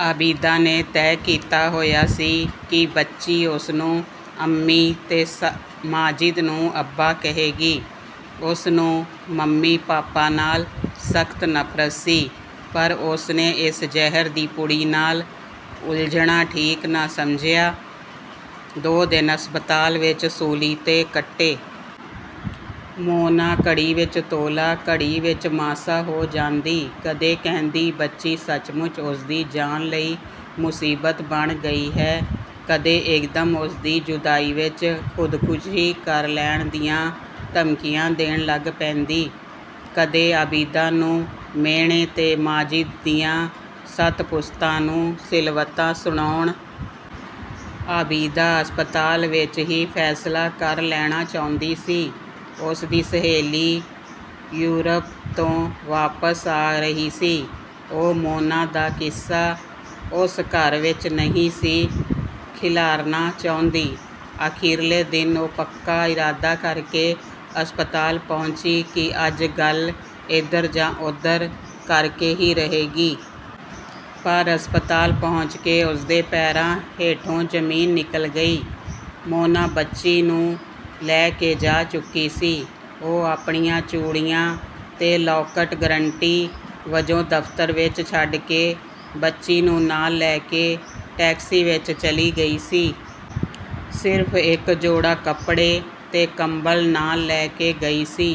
ਆਬਿਦਾ ਨੇ ਤੈਅ ਕੀਤਾ ਹੋਇਆ ਸੀ ਕਿ ਬੱਚੀ ਉਸਨੂੰ ਅੰਮੀ, ਤੇ ਮਾਜਿਦ ਨੂੰ ਅੱਬਾ ਕਹੇਗੀ। ਉਸਨੂੰ ਮੰਮੀ-ਪਾਪਾ ਨਾਲ ਸਖ਼ਤ ਨਫ਼ਰਤ ਸੀ। ਪਰ ਉਸਨੇ ਇਸ ਜ਼ਹਿਰ ਦੀ ਪੁੜੀ ਨਾਲ ਉਲਝਣਾ ਠੀਕ ਨਾ ਸਮਝਿਆ। ਦੋ ਦਿਨ ਹਸਪਤਾਲ ਵਿੱਚ ਸੂਲੀ 'ਤੇ ਕੱਟੇ। ਮੋਨਾ ਘੜੀ ਵਿੱਚ ਤੋਲਾ, ਘੜੀ ਵਿੱਚ ਮਾਸਾ ਹੋ ਜਾਂਦੀ। ਕਦੇ ਕਹਿੰਦੀ ਬੱਚੀ ਸੱਚਮੁੱਚ ਉਸਦੀ ਜਾਨ ਲਈ ਮੁਸੀਬਤ ਬਣ ਗਈ ਹੈ, ਕਦੇ ਇੱਕਦਮ ਉਸਦੀ ਜੁਦਾਈ ਵਿੱਚ ਖ਼ੁਦਕਸ਼ੀ ਕਰ ਲੈਣ ਦੀਆਂ ਧਮਕੀਆਂ ਦੇਣ ਲੱਗ ਪੈਂਦੀ, ਕਦੇ ਆਬਿਦਾ ਨੂੰ ਮਿਹਣੇ ਤੇ ਮਾਜਿਦ ਦੀਆਂ ਸੱਤ ਪੁਸ਼ਤਾਂ ਨੂੰ ਸਿਲਵਤਾਂ ਸੁਣਾਉਣ ਬੈਠ ਜਾਂਦੀ। ਆਬਿਦਾ ਹਸਪਤਾਲ ਵਿੱਚ ਹੀ ਫ਼ੈਸਲਾ ਕਰ ਲੈਣਾ ਚਾਹੁੰਦੀ ਸੀ। ਉਸਦੀ ਸਹੇਲੀ ਯੂਰਪ ਤੋਂ ਵਾਪਸ ਆ ਰਹੀ ਸੀ, ਉਹ ਮੋਨਾ ਦਾ ਕਿੱਸਾ ਉਸ ਘਰ ਵਿੱਚ ਨਹੀਂ ਸੀ ਖਿਲਾਰਨਾ ਚਾਹੁੰਦੀ। ਅਖੀਰਲੇ ਦਿਨ ਉਹ ਪੱਕਾ ਇਰਾਦਾ ਕਰਕੇ ਹਸਪਤਾਲ ਪਹੁੰਚੀ ਕਿ ਅੱਜ ਗੱਲ ਇਧਰ ਜਾਂ ਉਧਰ ਕਰਕੇ ਹੀ ਰਹੇਗੀ। ਪਰ, ਹਸਪਤਾਲ ਪਹੁੰਚ ਕੇ ਉਸਦੇ ਪੈਰਾਂ ਹੇਠੋਂ ਜ਼ਮੀਨ ਨਿਕਲ ਗਈ। ਮੋਨਾ ਬੱਚੀ ਨੂੰ ਲੈ ਕੇ ਜਾ ਚੁੱਕੀ ਸੀ। ਉਹ ਆਪਣੀਆਂ ਚੂੜੀਆਂ ਤੇ ਲਾਕਟ ਗਰੰਟੀ ਵਜੋਂ ਦਫ਼ਤਰ ਵਿੱਚ ਛੱਡ ਕੇ ਬੱਚੀ ਨੂੰ ਨਾਲ ਲੈ ਕੇ ਟੈਕਸੀ ਵਿੱਚ ਚਲੀ ਗਈ ਸੀ। ਸਿਰਫ ਇੱਕ ਜੋੜਾ ਕੱਪੜੇ ਤੇ ਕੰਬਲ ਨਾਲ ਲੈ ਗਈ ਸੀ,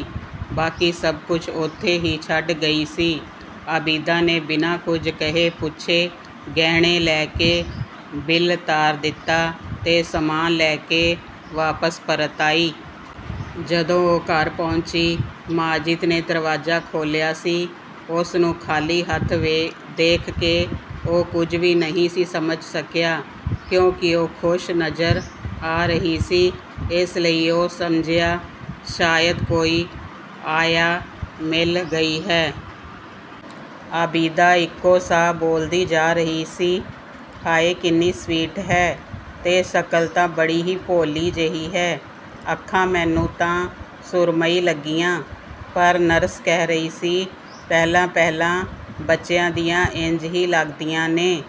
ਬਾਕੀ ਸਭ ਕੁਝ ਉੱਥੇ ਹੀ ਛੱਡ ਗਈ ਸੀ। ਆਬਿਦਾ ਨੇ ਬਿਨਾਂ ਕੁਝ ਕਹੇ-ਪੁੱਛੇ ਗਹਿਣੇ ਲੈ ਕੇ ਬਿੱਲ ਤਾਰ ਦਿੱਤਾ ਤੇ ਸਾਮਾਨ ਲੈ-ਕੇ ਵਾਪਸ ਪਰਤ ਆਈ। ਜਦੋਂ ਉਹ ਘਰ ਪਹੁੰਚੀ, ਮਾਜਿਦ ਨੇ ਦਰਵਾਜ਼ਾ ਖੋਲ੍ਹਿਆ ਸੀ। ਉਸਨੂੰ ਖ਼ਾਲੀ ਹੱਥ ਦੇਖ ਕੇ ਉਹ ਕੁਝ ਵੀ ਨਹੀਂ ਸੀ ਸਮਝ ਸਕਿਆ। ਕਿਉਂਕਿ ਉਹ ਖੁਸ਼ ਨਜ਼ਰ ਆ ਰਹੀ ਸੀ, ਇਸ ਲਈ ਉਹ ਸਮਝਿਆ ਸ਼ਾਇਦ ਕੋਈ ਆਇਆ ਮਿਲ ਗਈ ਹੈ। ਆਬਿਦਾ ਇੱਕੋ ਸਾਹ ਬੋਲਦੀ ਜਾ ਰਹੀ ਸੀ। ਹਾਏ ਕਿੰਨੀ ਸਵੀਟ ਹੈ-- ਤੇ ਸ਼ਕਲ ਤਾਂ ਬੜੀ ਹੀ ਭੋਲੀ ਜਿਹੀ ਹੈ! ਅੱਖਾਂ ਮੈਨੂੰ ਤਾਂ ਸੁਰਮਈ ਲੱਗੀਆਂ, ਪਰ ਨਰਸ ਕਹਿ ਰਹੀ ਸੀ, ਪਹਿਲਾਂ-ਪਹਿਲਾਂ ਬੱਚਿਆਂ ਦੀਆਂ ਇੰਜ ਹੀ ਲੱਗਦੀਆਂ ਨੇ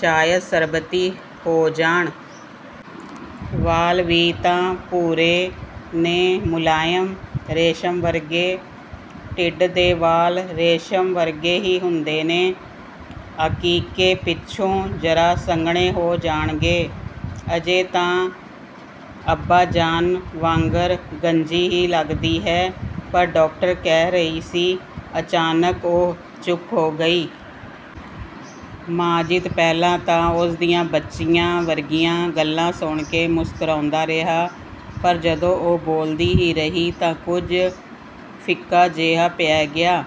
ਸ਼ਾਇਦ ਸ਼ਰਬਤੀ ਹੋ ਜਾਣ! ਵਾਲ ਵੀ ਤਾਂ ਭੂਰੇ ਨੇ ਮੁਲਾਇਮ; ਰੇਸ਼ਮ ਵਰਗੇ, ਢਿੱਡ ਦੇ ਵਾਲ ਰੇਸ਼ਮ ਵਰਗੇ ਹੀ ਹੁੰਦੇ ਨੇ। ਅਕੀਕੇ ਪਿੱਛੋਂ ਜ਼ਰਾ ਸੰਘਣੇ ਹੋ ਜਾਣਗੇ। ਅਜੇ ਤਾਂ ਅੱਬਾ ਜਾਨ ਵਾਂਗਰ ਗੰਜੀ ਹੀ ਲੱਗਦੀ ਹੈ। ਪਰ ਡਾਕਟਰ ਕਹਿ ਰਹੀ ਸੀ" ਅਚਾਨਕ ਉਹ ਚੁੱਪ ਹੋ ਗਈ। ਮਾਜਿਦ ਪਹਿਲਾਂ ਤਾਂ ਉਸ ਦੀਆਂ ਬੱਚਿਆਂ ਵਰਗੀਆਂ ਗੱਲਾਂ ਸੁਣ ਕੇ ਮੁਸਕਰਾਉਂਦਾ ਰਿਹਾ, ਪਰ ਜਦੋਂ ਉਹ ਬੋਲਦੀ ਹੀ ਰਹੀ ਤਾਂ ਕੁਝ ਫਿੱਕਾ ਜਿਹਾ ਪੈ ਗਿਆ।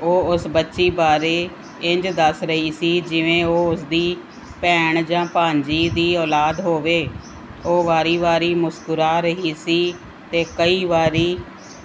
ਉਹ ਉਸ ਬੱਚੀ ਬਾਰੇ ਇੰਜ ਦੱਸ ਰਹੀ ਸੀ ਜਿਵੇਂ ਉਹ ਉਸਦੀ ਭੈਣ ਜਾਂ ਭਾਂਜੀ ਦੀ ਔਲਾਦ ਹੋਵੇ। ਉਹ ਵਾਰੀ-ਵਾਰੀ ਮੁਸਕਰਾ ਰਹੀ ਸੀ ਤੇ ਕਈ ਵਾਰੀ